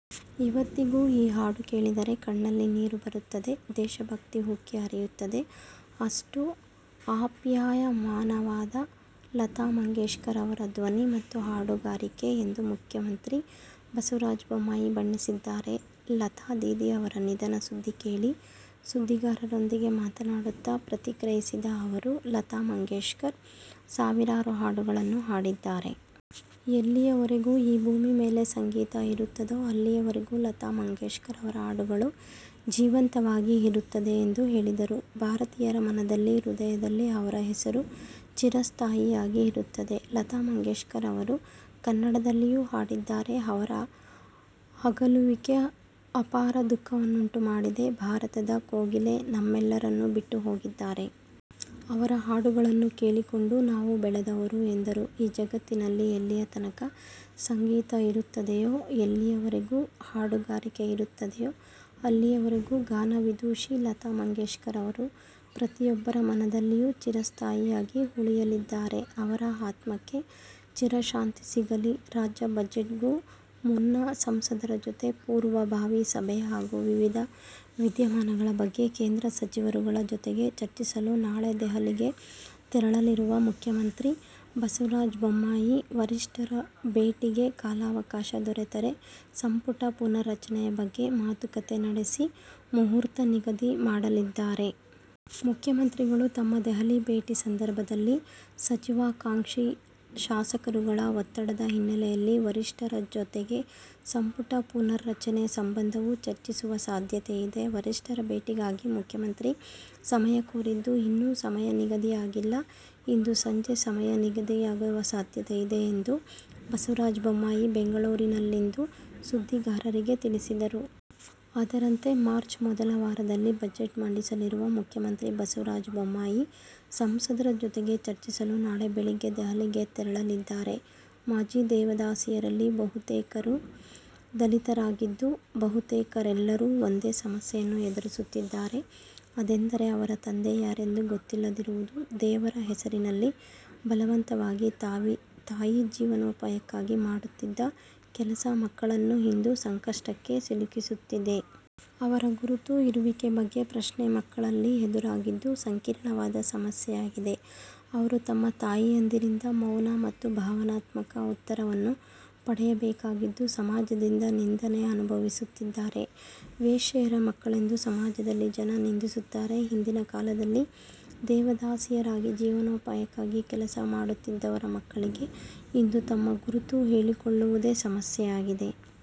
ಇವತ್ತಿಗೂ ಆ ಹಾಡು ಕೇಳಿದರೆ ಕಣ್ಣಲ್ಲಿ ನೀರು ಬರುತ್ತದೆ, ದೇಶಭಕ್ತಿ ಉಕ್ಕಿ ಹರಿಯುತ್ತದೆ. ಅಷ್ಟು ಅಪ್ಯಾಯಮಾನವಾದ ಲತಾ ಮಂಗೇಶ್ಕರ್ ಅವರ ಧ್ವನಿ ಮತ್ತು ಹಾಡುಗಾರಿಕೆ ಎಂದು ಮುಖ್ಯಮಂತ್ರಿ ಬಸವರಾಜ ಬೊಮ್ಮಾಯಿ ಬಣ್ಣಿಸಿದ್ದಾರೆ. ಲತಾ ದೀದಿ ಅವರ ನಿಧನ ಸುದ್ದಿ ಕೇಳಿ ಸುದ್ದಿಗಾರರೊಂದಿಗೆ ಮಾತನಾಡುತ್ತಾ ಪ್ರತಿಕ್ರಿಯಿಸಿದ ಅವರು, ಲತಾ ಮಂಗೇಶ್ಕರ್ ಸಾವಿರಾರು ಹಾಡುಗಳನ್ನು ಹಾಡಿದ್ದಾರೆ. ಎಲ್ಲಿಯವರೆಗೂ ಈ ಭೂಮಿ ಮೇಲೆ ಸಂಗೀತ ಇರುತ್ತದೋ ಅಲ್ಲಿಯವರೆಗೂ ಲತಾ ಮಂಗೇಶ್ಕರ್ ಅವರ ಹಾಡುಗಳು ಜೀವಂತವಾಗಿ ಇರುತ್ತದೆ ಎಂದು ಹೇಳಿದರು. ಭಾರತೀಯರ ಮನದಲ್ಲಿ, ಹೃದಯದಲ್ಲಿ ಅವರ ಹೆಸರು ಚಿರಸ್ಥಾಯಿಯಾಗಿ ಇರುತ್ತದೆ. ಲತಾ ಮಂಗೇಶ್ಕರ್ ಅವರು ಕನ್ನಡದಲ್ಲಿಯೂ ಹಾಡಿದ್ದಾರೆ. ಅವರ ಅಗಲುವಿಕೆ ಅಪಾರ ದುಃಖವನ್ನುಂಟುಮಾಡಿದೆ. ಭಾರತದ ಕೋಗಿಲೆ ನಮ್ಮೆಲ್ಲರನ್ನೂ ಬಿಟ್ಟುಹೋಗಿದ್ದಾರೆ. ಅವರ ಹಾಡುಗಳನ್ನು ಕೇಳಿಕೊಂಡು ನಾವು ಬೆಳೆದವರು ಎಂದರು. ಈ ಜಗತ್ತಿನಲ್ಲಿ ಎಲ್ಲಿಯತನಕ ಸಂಗೀತ ಇರುತ್ತದೆಯೋ, ಎಲ್ಲಿಯವರೆಗೂ ಹಾಡುಗಾರಿಕೆ ಇರುತ್ತದೆಯೋ, ಅಲ್ಲಿಯವರೆಗೂ ಗಾನ ವಿದುಷಿ ಲತಾ ಮಂಗೇಶ್ಕರ್ ಅವರು ಪ್ರತಿಯೊಬ್ಬರ ಮನದಲ್ಲಿಯೂ ಚಿರಸ್ಥಾಯಿಯಾಗಿ ಉಳಿಯಲಿದ್ದಾರೆ. ಅವರ ಆತ್ಮಕ್ಕೆ ಚಿರಶಾಂತಿ ಸಿಗಲಿ. ರಾಜ್ಯ ಬಜೆಟ್ ಗೂ ಮುನ್ನ ಸಂಸದರ ಜೊತೆ ಪೂರ್ವಭಾವಿ ಸಭೆ ಹಾಗೂ ವಿವಿಧ ವಿದ್ಯಮಾನಗಳ ಬಗ್ಗೆ ಕೇಂದ್ರ ಸಚಿವರುಗಳ ಜೊತೆಗೆ ಚರ್ಚಿಸಲು ನಾಳೆ ದೆಹಲಿಗೆ ತೆರಳಲಿರುವ ಮುಖ್ಯಮಂತ್ರಿ ಬಸವರಾಜ ಬೊಮ್ಮಾಯಿ, ವರಿಷ್ಠರ ಭೇಟಿಗೆ ಕಾಲಾವಕಾಶ ದೊರೆತರೆ ಸಂಪುಟ ಪುನಾರಚನೆಯ ಬಗ್ಗೆ ಮಾತುಕತೆ ನಡೆಸಿ, ಮುಹೂರ್ತ ನಿಗದಿ ಮಾಡಲಿದ್ದಾರೆ. ಮುಖ್ಯಮಂತ್ರಿಗಳು ತಮ್ಮ ದೆಹಲಿ ಭೇಟಿ ಸಂದರ್ಭದಲ್ಲಿ ಸಚಿವಾಕಾಂಕ್ಷಿ ಶಾಸಕರುಗಳ ಒತ್ತಡದ ಹಿನ್ನೆಲೆಯಲ್ಲಿ ವರಿಷ್ಠರ ಜೊತೆಗೆ ಸಂಪುಟ ಪುನಾರಚನೆ ಸಂಬಂಧವೂ ಚರ್ಚಿಸುವ ಸಾಧ್ಯತೆಯಿದೆ. ವರಿಷ್ಠರ ಭೇಟಿಗಾಗಿ ಮುಖ್ಯಮಂತ್ರಿ ಸಮಯ ಕೋರಿದ್ದು, ಇನ್ನೂ ಸಮಯ ನಿಗದಿಯಾಗಿಲ್ಲ. ಇಂದು ಸಂಜೆ ಸಮಯ ನಿಗದಿಯಾಗುವ ಸಾಧ್ಯತೆಯಿದೆ ಎಂದು ಬಸವರಾಜ ಬೊಮ್ಮಾಯಿ ಬೆಂಗಳೂರಿನಲ್ಲಿಂದು ಸುದ್ದಿಗಾರರಿಗೆ ತಿಳಿಸಿದರು. ಅದರಂತೆ ಮಾರ್ಚ್ ಮೊದಲ ವಾರದಲ್ಲಿ ಬಜೆಟ್ ಮಂಡಿಸಲಿರುವ ಮುಖ್ಯಮಂತ್ರಿ ಬಸವರಾಜ ಬೊಮ್ಮಾಯಿ ಸಂಸದರ ಜೊತೆಗೆ ಚರ್ಚಿಸಲು ನಾಳೆ ಬೆಳಗ್ಗೆ ದೆಹಲಿಗೆ ತೆರಳಲಿದ್ದಾರೆ. ಮಾಜಿ ದೇವದಾಸಿಯರಲ್ಲಿ ಬಹುತೇಕರು ದಲಿತರಾಗಿದ್ದು ಬಹುತೇಕರೆಲ್ಲರೂ ಒಂದೇ ಸಮಸ್ಯೆಯನ್ನು ಎದುರಿಸುತ್ತಿದ್ದಾರೆ. ಅದೆಂದರೆ ಅವರ ತಂದೆ ಯಾರೆಂದು ಗೊತ್ತಿಲ್ಲದಿರುವುದು. ದೇವರ ಹೆಸರಿನಲ್ಲಿ ಬಲವಂತವಾಗಿ ತಾಯಿ ಜೀವನೋಪಾಯಕ್ಕಾಗಿ ಮಾಡುತ್ತಿದ್ದ ಕೆಲಸ ಮಕ್ಕಳನ್ನು ಇಂದು ಸಂಕಷ್ಟಕ್ಕೆ ಸಿಲುಕಿಸುತ್ತಿದೆ. ಅವರ ಗುರುತು, ಇರುವಿಕೆ ಬಗ್ಗೆ ಪ್ರಶ್ನೆ ಮಕ್ಕಳಲ್ಲಿ ಎದುರಾಗಿದ್ದು ಸಂಕೀರ್ಣವಾದ ಸಮಸ್ಯೆಯಾಗಿದೆ. ಅವರು ತಮ್ಮ ತಾಯಂದಿರಿಂದ ಮೌನ ಮತ್ತು ಭಾವನಾತ್ಮಕ ಉತ್ತರವನ್ನು ಪಡೆಯಬೇಕಾಗಿದ್ದು ಸಮಾಜದಿಂದ ನಿಂದನೆ ಅನುಭವಿಸುತ್ತಿದ್ದಾರೆ. ವೇಶ್ಯಯರ ಮಕ್ಕಳೆಂದು ಸಮಾಜದಲ್ಲಿ ಜನ ನಿಂದಿಸುತ್ತಾರೆ. ಹಿಂದಿನ ಕಾಲದಲ್ಲಿ ದೇವದಾಸಿಯರಾಗಿ ಜೀವನೋಪಾಯಕ್ಕಾಗಿ ಕೆಲಸ ಮಾಡುತ್ತಿದ್ದವರ ಮಕ್ಕಳಿಗೆ ಇಂದು ತಮ್ಮ ಗುರುತು ಹೇಳಿಕೊಳ್ಳುವುದೇ ಸಮಸ್ಯೆಯಾಗಿದೆ.